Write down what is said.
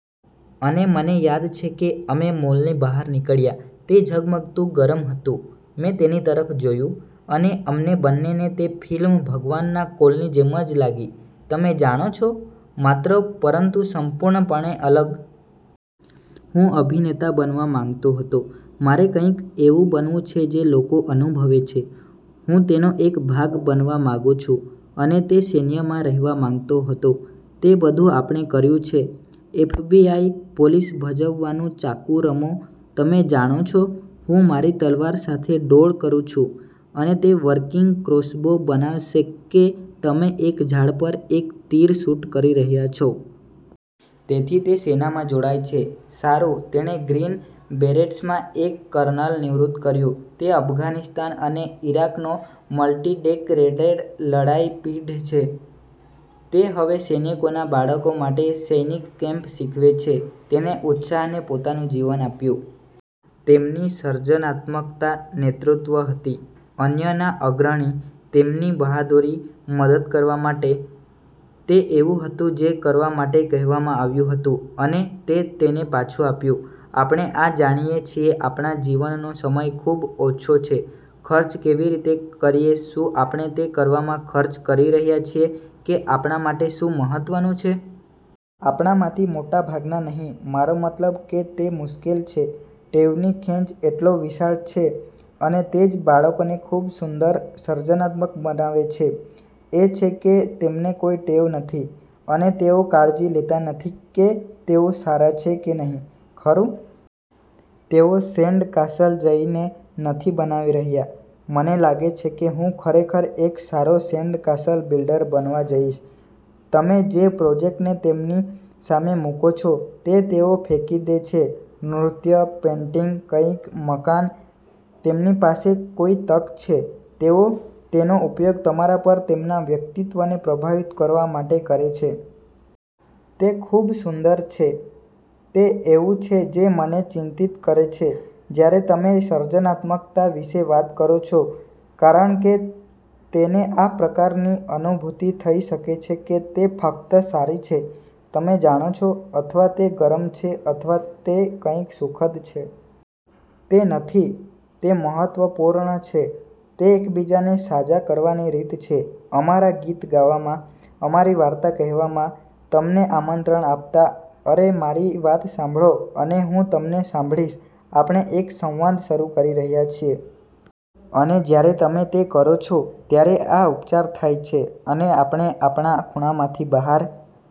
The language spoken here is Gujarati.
અને મને યાદ છે કે અમે મોલની બહાર નીકળ્યા, તે ઝગમગતું ગરમ હતું, મેં તેની તરફ જોયું, અને અમને બંનેને તે ફિલ્મ ભગવાનના કોલની જેમ જ લાગી. તમે જાણો છો? માત્ર... પરંતુ સંપૂર્ણપણે અલગ. હું અભિનેતા બનવા માંગતો હતો. મારે કંઈક એવું બનવું છે જે લોકો અનુભવે છે. હું તેનો એક ભાગ બનવા માંગું છું. અને તે સૈન્યમાં રહેવા માંગતો હતો. તે બધું આપણે કર્યું છે, એફબીઆઈ, પોલીસ ભજવવાનું ચાકુ રમો, તમે જાણો છો, હું મારી તલવાર સાથે ડોળ કરું છું, અને તે વર્કિંગ ક્રોસબો બનાવશે કે તમે એક ઝાડ પર એક તીર શૂટ કરી શકો છો. તેથી તે સેનામાં જોડાય છે. સારું, તેણે ગ્રીન બેરેટ્સમાં એક કર્નલને નિવૃત્ત કર્યો. તે અફઘાનિસ્તાન અને ઇરાકનો મલ્ટિડેકરેટેડ લડાઇ પીઢ છે. તે હવે સૈનિકોના બાળકો માટે સૈનિક કેમ્પ શીખવે છે. તેણે ઉત્સાહને પોતાનું જીવન આપ્યું. તેમની સર્જનાત્મકતા નેતૃત્વ હતી, અન્યના અગ્રણી, તેમની બહાદુરી, મદદ કરવા માટે. તે એવું હતું જે કરવા માટે કહેવામાં આવ્યું હતું, અને। તે તેને પાછું આપ્યું. આપણે આ જાણીએ છીએ આપણા જીવનનો સમય ખૂબ ઓછો છે, ખર્ચ કેવી રીતે કરીએ શું આપણે તે કરવામાં ખર્ચ કરી રહ્યા છીએ કે આપણા માટે શું મહત્વનું છે? આપણામાંથી મોટા ભાગના નહી. મારો મતલબ કે તે મુશ્કેલ છે. ટેવની ખેંચ એટલો વિશાળ છે, અને તે જ બાળકોને ખૂબ સુંદર સર્જનાત્મક બનાવે છે, એ છે કે તેમને કોઈ ટેવ નથી, અને તેઓ કાળજી લેતા નથી કે તેઓ સારા છે કે નહીં, ખરું? તેઓ સેન્ડકાસલ જઈને નથી બનાવી રહ્યા, "મને લાગે છે કે હું ખરેખર એક સારો સેન્ડકાસલ બિલ્ડર બનવા જઈશ. " તમે જે પ્રોજેક્ટને તેમની સામે મુકો છો તે તેઓ ફેંકી દે છે નૃત્ય, પેઇન્ટિંગ, કંઈક મકાન: તેમની પાસે કોઈ તક છે, તેઓ તેનો ઉપયોગ તમારા પર તેમના વ્યક્તિત્વને પ્રભાવિત કરવા માટે કરે છે. તે ખુબ સુંદર છે. તે એવું છે જે મને ચિંતિત કરે છે જ્યારે તમે સર્જનાત્મકતા વિશે વાત કરો છો, કારણ કે તેને આ પ્રકારની અનુભૂતિ થઈ શકે છે કે તે ફક્ત સારી છે, તમે જાણો છો, અથવા તે ગરમ છે અથવા તે કંઈક સુખદ છે. તે નથી. તે મહત્વપૂર્ણ છે. તે એકબીજાને સાજા કરવાની રીત છે. અમારા ગીત ગાવામાં, અમારી વાર્તા કહેવામાં, તમને આમંત્રણ આપતાં, "અરે, મારી વાત સાંભળો, અને હું તમને સાંભળીશ," આપણે એક સંવાદ શરૂ કરી રહ્યા છીએ. અને જ્યારે તમે તે કરો છો, ત્યારે આ ઉપચાર થાય છે, અને આપણે આપણા ખૂણામાંથી બહાર